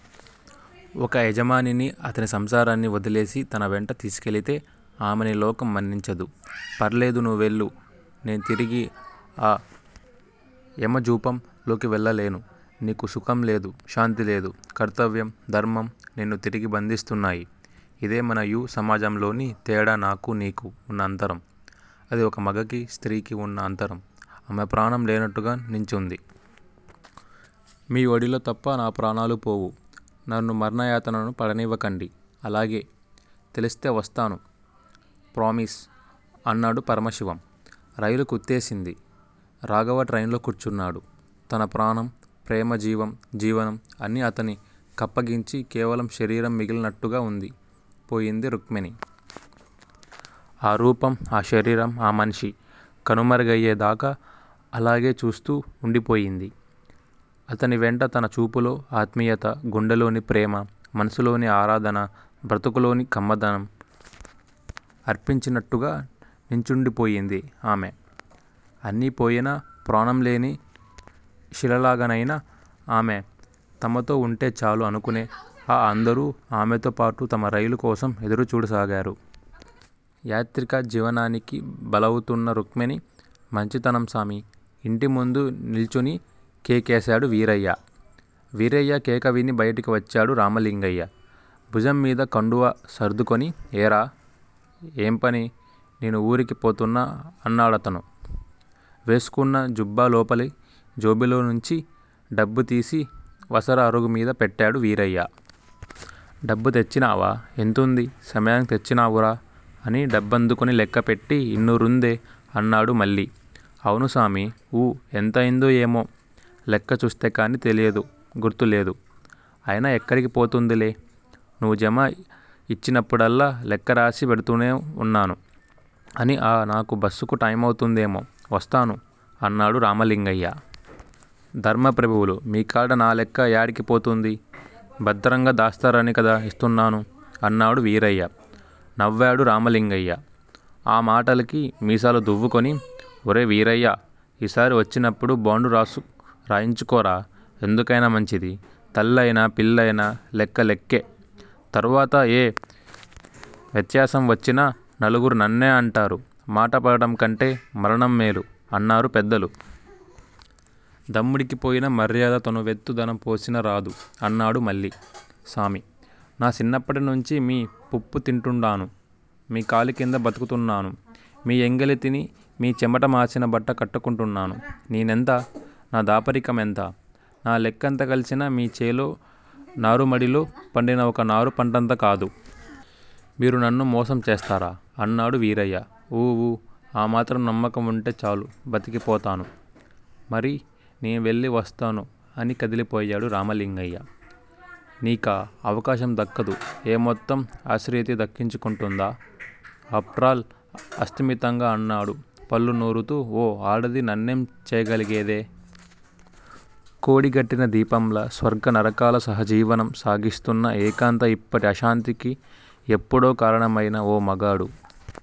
ఒక యజమానిని, అతని సంసారాన్ని వొదిలేసి తన వెంట తీసికెళితే ఆమెని లోకం మన్నించదు. ఫర్లేదు నువెళ్ళు, నే తిరిగి ఆ యమ జూపం లోకి వెళ్ళలేను. నీకు సుఖం లేదు. శాంతి లేదు. కర్తవ్యం, ధర్మం, నిన్ను తిరిగి బందిస్తున్నాయి. ఇదే మన యీ సమాజంలోని తేడా నాకు నీకు ఉన్న అంతరం, అది ఒక మగకి, స్త్రీ కి వున్న అంతరం ఆమె ప్రాణం లేనట్టుగా నించుంది. మీ ఒడిలో తప్ప నా ప్రాణాలు పోవు. నన్ను మరణయతను పడనివకండి! అలాగే! తెలిస్తే వస్తాను. ప్రామిస్! అన్నాడు పరమశివం. రైలు కుతేసింది రాఘవ ట్రెయిన్ లో కూర్చున్నాడు. తన ప్రాణం, ప్రేమ జీవం జీవనం అన్నీ అతని కప్పగించి కేవలం శరీరం మిగిలినట్టుగా ఉంది పోయింది రుక్మిణి. ఆ రూపం, ఆ శరీరం, ఆ మనిషి కనుమరుగయ్యే దాక అలాగే చూస్తూ ఉండిపోయింది. అతని వెంటే తన చూపులో ఆత్మీయత, గుండెలోని ప్రేమ, మనస్సులోని ఆరాధన, బ్రతుకులోని కమ్మదనం, అర్పించినట్టుగా నించుండిపోయింది ఆమె. అన్ని పోయినా, ప్రాణం లేని శిలలాగానయిన ఆమె తమతో ఉంటె చాలు అనుకునే ఆ అందరూ ఆమెతో పాటు తమ రైలు కోసం ఎదురు చూడసాగారు. యాంత్రిక జీవనానికి బలవుతున్న రుక్మిణి. మంచితనం సామి! ఇంటిముందు నిలుచుని కేకేశాడు వీరయ్య! వీరయ్య కేకేవిని బయటికి వచ్చాడు రామలింగయ్య భుజం మీద కండువా సర్దుకుని ఏరా! ఏం పని నేను ఊరికి పోతున్నా అన్నాడతను. వేసుకున్న జుబ్బా లోపలి జేబులోంచి డబ్బు తీసి వసారా అరుగు మీద పెట్టాడు వీరయ్య. డబ్బు తెచ్చినావా? ఎంతుంది? సమయానికి తెచ్చివ్నావురా? అని డబ్బందుకుని లెక్కపెట్టి ఇన్నురుందే అన్నాడు మళ్ళీ. అవును సామీ ఊ ఎంతయిందో ఏమో? లెక్క చూస్తే కానీ తెలియదు గుర్తు లేదు. అయినా ఎక్కడికి పోతుందిలే. నీవు జమ యిచ్చినప్పుడల్లా లేక్కరాసి పెడుతూనే వున్నాను అని ఆ నాకు బస్సుకు టైమైతుందేమో వస్తాను అన్నాడు రామలింగయ్య. ధర్మ పభువులు, మీ కాడ నా లెక్క యాడికి పోతుంది. బద్దరంగా దాస్తారని కదా యిస్తున్నాను అన్నాడు వీరయ్య. నవ్వాడు రామలింగయ్య. ఆ మాటలకి. మీసాలు దువ్వుకుని ఒరే వీరయ్య! ఈసారి వచ్చినపుడు బాండు రాయించుకోరా. ఎందుకయినా మంచిది. తల్లయినా, పిల్లయినా లెక్క లెక్కే! తర్వాత ఏ వ్యత్యాసం వచ్చినా నలుగురు నన్నే అంటారు మాట పడటం కంటే మరణం మేలు అన్నారు పెద్దలు. దమ్మిడికి పోయిన మర్యాద తనువెత్తు ధనం పోసినా రాదు అన్నాడు మళ్ళీ. సామీ! నా సిన్నప్పటి నుంచి మీ పుప్పు తింటుండాను. మీ కాలి కింద బతుకుతున్నాను. మీ ఎంగిలి తిని, మీ చెమట మాసిన బట్ట కట్టుకున్నాను. నేనెంత? నా దాపరికం ఎంత? నా లెక్కంతా కలిసినా మీ చేలో నారుమడిలో పండిన ఒక నారు పంటంత కాదు. మీరు నన్ను మోసం చేస్తారా? అన్నాడు వీరయ్య. ఊఊ ఆ మాత్రం నమ్మకం ఉంటే చాలు బతికిపోతాను. మరీ నే వెళ్ళి వస్తాను అని కదిలిపోయాడు రామలింగయ్య. నీకా అవకాశం దక్కదు ఏం మొత్తం ఆశ్రితే దక్కించుకుంటుందా? ఆప్టరాల్ అస్థిమితంగా అన్నాడు పళ్ళునూరుతూ ఓ ఆడది నన్నేం చెయ్యగలదే. కొడిగట్టిన దీపంలా స్వర్గ నరకాల సహజీవనం సాగిస్తున్న ఏకాంత యిప్పటి అశాంతికి ఎప్పుడో కారణమయిన ఓ మగాడు